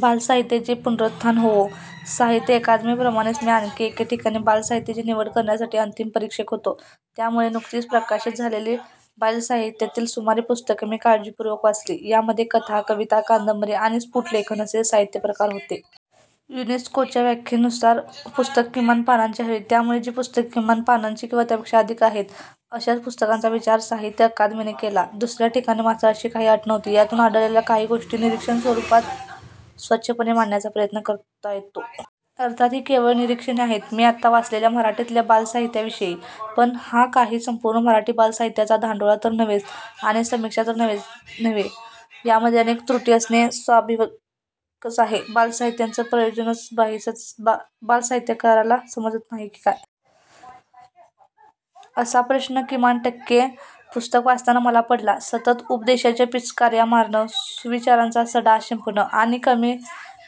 बालसाहित्याचे पुनरुत्थान होवो.. साहित्य अकादमी प्रमाणेच मी आणखी एके ठिकाणी 'बाल साहित्याची निवड करण्यासाठी' अंतीम परीक्षक होतो. त्यामुळे नुकतीच प्रकाशित झालेली बालसाहित्यातील सुमारे पुस्तके मी काळजीपूर्वक वाचली. यामधे कथा, कविता, कादंबरी आणि स्पूट लेखन असे साहित्य प्रकार होते. युनेस्कोच्या व्याखेनुसार पुस्तक किमान पानांचे हवे. त्यामुळे जी पुस्तके किमान पानांची किंवा त्यापेक्षा अधिक आहेत अशाच पुस्तकांचा विचार साहित्य अकादमीने केला. दुसर्या ठिकाणी मात्र अशी काही अट नव्हती. यातून आढळलेल्या काही गोष्टी निरीक्षण स्वरुपात स्वच्छपणे मांडण्याचा प्रयत्न करतो आहे. अर्थात ही केवळ निरिक्षणे आहेत मी आत्ता वाचलेल्या मराठीतल्या बालसाहित्याविषयी. पण हा काही संपूर्ण मराठी बालसाहित्याचा धांडोळा तर नव्हेच आणि समीक्षा तर नव्हेच नव्हे. यामधे अनेक त्रुटी असणे स्वाभाविकच आहे. बालसाहित्याचं प्रयोजनच बालसाहित्यकाराला समजत नाही की काय? असा प्रश्न किमान टक्के पुस्तकं वाचताना मला पडला. सतत उपदेशाच्या पिचकार्या मारणं, सुविचारांचा सडा शिंपणं आणि हे कमी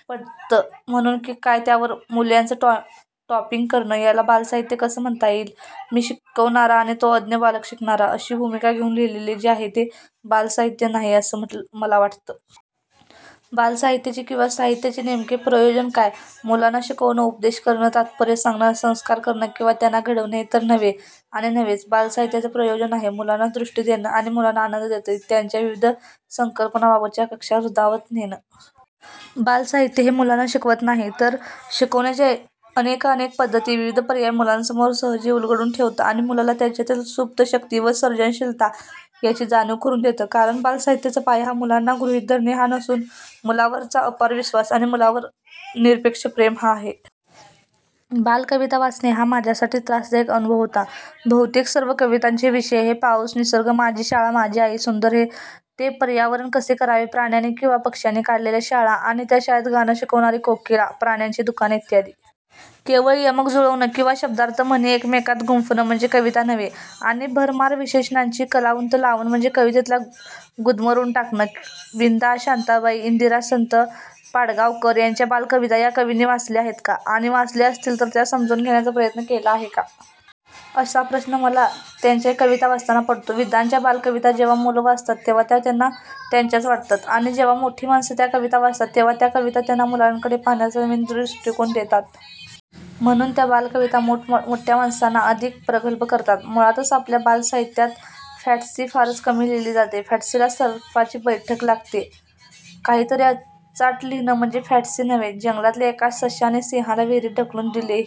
पडतं म्हणून की काय त्यावर 'मूल्यांचं टॉपिंग' करणं याला बालसाहित्य कसं म्हणता येईल. 'मी शिकवणारा आणि तो अज्ञ बालक शिकणारा' अशी भूमिका घेऊन लिहिलेले जे आहे ते बालसाहित्य नाही असं मला वाटतं. बालसाहित्याचे किंवा साहित्याचे नेमके प्रयोजन काय? मुलांना शिकवणं, उपदेश करणं, तात्पर्य सांगणं, संस्कार करणं किंवा त्यांना घडवणं हे तर नव्हे आणि नव्हेच. बालसाहित्याचं प्रयोजन आहे, मुलांना दृष्टी देणं आणि मुलांना आनंद देत त्यांच्या विविध संकल्पनांबाबतच्या कक्षा रुंदावत नेणं. बालसाहित्य हे मुलांना शिकवत नाही तर शिकण्याच्या अनेकानेक पध्दती, विविध पर्याय मुलांसमोर सहजी उलगडून ठेवतं आणि मुलाला त्याच्यातील सूप्त शक्ती व सर्जनशीलता यांची जाणीव करून देतं. कारण बालसाहित्याचा पाया हा 'मुलांना गृहित धरणे' हा नसून 'मुलांवरचा अपार विश्वास आणि मुलांवर निरपेक्ष प्रेम' हा आहे. बालकविता वाचणे हा माझ्यासाठी त्रासदायक अनुभव होता. बहुतेक सर्व कवितांचे विषय हे पाऊस, निसर्ग, माझी शाळा, माझी आई, सुंदर ते पर्यावरण कसे करावे, प्राण्यांनी किंवा पक्ष्यांनी काढलेल्या शाळा आणि त्या शाळेत गाणं शिकवणारी कोकिळा, प्राण्यांची दुकाने इ. केवळ यमक जुळवणं किंवा शब्दार्थ, म्हणी एकमेकांत गुंफणं म्हणजे कविता नव्हे. आणि भरमार विशेषणांची कलाबुतं लावणं म्हणजे कवितेला गुदमरवून टाकणं. विंदा, शांताबाई, इंदिरा संत, पाडगावकर यांच्या बालकविता या कविंनी वाचल्या आहेत का? आणि वाचल्या असतील तर त्या समजून घेण्याचा प्रयत्न केला आहे का? असा प्रश्न मला 'त्यांच्या कविता' वाचताना पडतो. विंदांच्या बालकविता जेव्हा मुलं वाचतात तेव्हा त्या त्यांना त्यांच्याच वाटतात. आणि जेव्हा मोठी माणसं त्या कविता वाचतात तेव्हा त्या कविता त्यांना मुलांकडे पाहण्याचा नवीन दृष्टिकोन देतात. म्हणून त्या बालकविता मोठ्यामाणसांना अधिक प्रगल्भ करतात. मुळातच आपल्या बालसाहित्यात फॅंटसी फारच कमी लिहिली जाते. फॅंटसीला तर्काची बैठक लागते. काहीतरी अचाट लिहिणं म्हणजे फॅंटसी नव्हे. जंगलातल्या एका सशाने सिंहाला विहिरीत ढकलून दिले ही